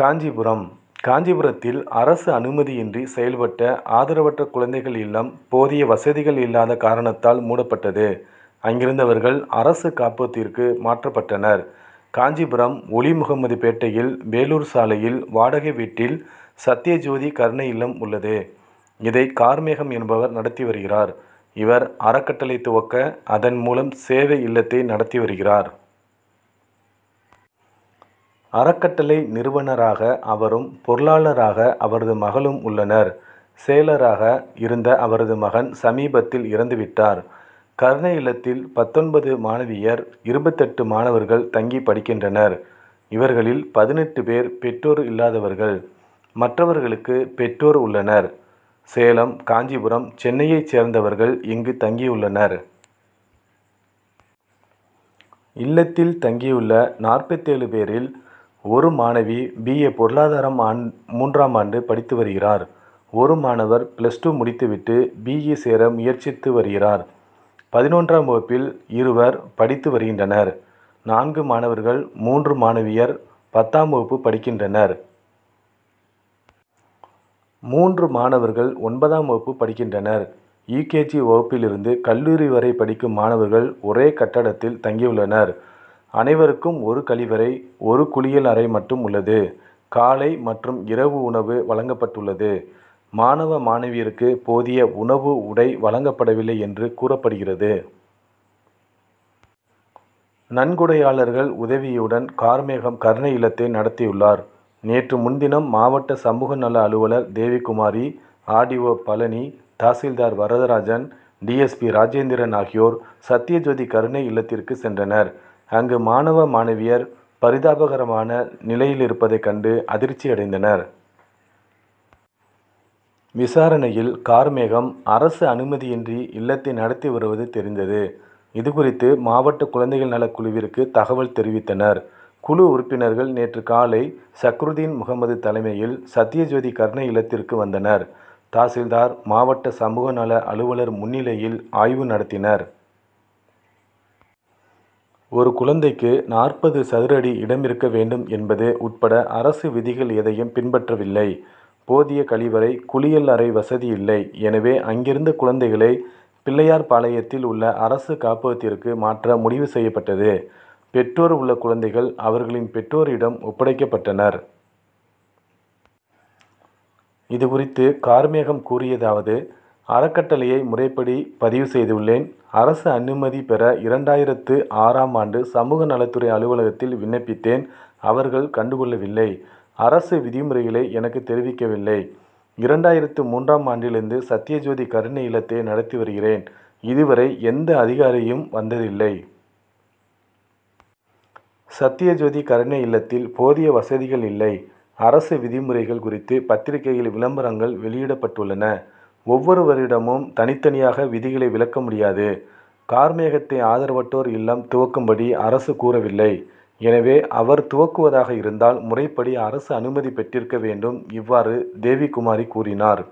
காஞ்சிபுரம் காஞ்சிபுரத்தில் அரசு அனுமதியின்றி செயல்பட்ட ஆதரவற்ற குழந்தைகள் இல்லம், போதிய வசதிகள் இல்லாத காரணத்தால் மூடப்பட்டது. அங்கிருந்தவர்கள், அரசு காப்பகத்திற்கு மாற்றப்பட்டனர். காஞ்சிபுரம் ஒலிமுகமதுபேட்டையில், வேலூர் சாலையில், வாடகை வீட்டில் சத்யஜோதி கருணை இல்லம் உள்ளது. இதை, கார்மேகம் என்பவர் நடத்தி வருகிறார். இவர், அறக்கட்டளை துவக்க அதன் மூலம் சேவை இல்லத்தை நடத்தி வருகிறார். அறக்கட்டளை நிறுவனராக அவரும், பொருளாளராக அவரது மகளும் உள்ளனர். செயலராக இருந்த அவரது மகன், சமீபத்தில் இறந்து விட்டார். கருணை இல்லத்தில் பத்தொன்பது மாணவியர், இருபத்தெட்டு மாணவர்கள் தங்கி படிக்கின்றனர். இவர்களில் பதினெட்டு பேர் பெற்றோர் இல்லாதவர்கள். மற்றவர்களுக்கு பெற்றோர் உள்ளனர். சேலம், காஞ்சிபுரம், சென்னையைச் சேர்ந்தவர்கள் இங்கு தங்கியுள்ளனர். இல்லத்தில் தங்கியுள்ள நாற்பத்தேழு பேரில், ஒரு மாணவி பி. ஏ., பொருளாதாரம் மூன்றாம் ஆண்டு படித்து வருகிறார். ஒரு மாணவர் பிளஸ் டூ முடித்து விட்டு பி. இ., சேர முயற்சித்து வருகிறார். பதினொன்றாம் வகுப்பில் இருவர் படித்து வருகின்றனர். நான்கு மாணவர்கள், மூன்று மாணவியர் பத்தாம் வகுப்பு படிக்கின்றனர். மூன்று மாணவர்கள் ஒன்பதாம் வகுப்பு படிக்கின்றனர். யு. கே. ஜி., வகுப்பிலிருந்து கல்லூரி வரை படிக்கும் மாணவர்கள், ஒரே கட்டடத்தில் தங்கியுள்ளனர். அனைவருக்கும் ஒரு கழிவறை, ஒரு குளியல் அறை மட்டும் உள்ளது. காலை மற்றும் இரவு உணவு வழங்கப்பட்டுள்ளது. மாணவ, மாணவியருக்கு போதிய உணவு, உடை வழங்கப்படவில்லை என்று கூறப்படுகிறது. நன்கொடையாளர்கள் உதவியுடன் கார்மேகம் கருணை இல்லத்தை நடத்தியுள்ளார். நேற்று முன்தினம் மாவட்ட சமூக நல அலுவலர் Devikumari, R. D. O., Palani, tahsildar Varadarajan, D. S. P., Rajendran ஆகியோர், சத்யஜோதி கருணை இல்லத்திற்கு சென்றனர். அங்கு, மாணவ, மாணவியர் பரிதாபகரமான நிலையிலிருப்பதை கண்டு அதிர்ச்சி அடைந்தனர். விசாரணையில், கார்மேகம் அரசு அனுமதியின்றி இல்லத்தை நடத்தி வருவது தெரிந்தது. இது குறித்து, மாவட்ட குழந்தைகள் நலக் குழுவிற்கு தகவல் தெரிவித்தனர். குழு உறுப்பினர்கள் நேற்று காலை சக்ருதீன்முகமது தலைமையில் சத்யஜோதி கருணை இல்லத்திற்கு வந்தனர். தாசில்தார், மாவட்ட சமூக நல அலுவலர் முன்னிலையில் ஆய்வு நடத்தினர். ஒரு குழந்தைக்கு நாற்பது சதுரடி இடமிருக்க வேண்டும் என்பது உட்பட அரசு விதிகள் எதையும் பின்பற்றவில்லை. போதிய கழிவறை, குளியல் அறை வசதி இல்லை. எனவே, அங்கிருந்த குழந்தைகளை பிள்ளையார்பாளையத்தில் உள்ள அரசு காப்பகத்திற்கு மாற்ற முடிவு செய்யப்பட்டது. பெற்றோர் உள்ள குழந்தைகள் அவர்களின் பெற்றோரிடம் ஒப்படைக்கப்பட்டனர். இது குறித்து கார்மேகம் கூறியதாவது:அறக்கட்டளையை முறைப்படி பதிவு செய்துள்ளேன். அரசு அனுமதி பெற இரண்டாயிரத்து ஆறாம் ஆண்டு சமூக நலத்துறை அலுவலகத்தில் விண்ணப்பித்தேன். அவர்கள் கண்டுகொள்ளவில்லை. அரசு விதிமுறைகளை எனக்கு தெரிவிக்கவில்லை. இரண்டாயிரத்து மூன்றாம் ஆண்டிலிருந்து சத்யஜோதி கருணை இல்லத்தை நடத்தி வருகிறேன். இதுவரை எந்த அதிகாரியும் வந்ததில்லை. சத்யஜோதி கருணை இல்லத்தில் போதிய வசதிகள் இல்லை. அரசு விதிமுறைகள் குறித்து பத்திரிகையில் விளம்பரங்கள் வெளியிடப்பட்டுள்ளன. ஒவ்வொருவரிடமும் தனித்தனியாக விதிகளை விளக்க முடியாது. கார்மேகத்தை ஆதரவற்றோர் இல்லம் துவக்கும்படி அரசு கூறவில்லை. எனவே, அவர் துவக்குவதாக இருந்தால் முறைப்படி அரசு அனுமதி பெற்றிருக்க வேண்டும். இவ்வாறு தேவிகுமாரி கூறினார்.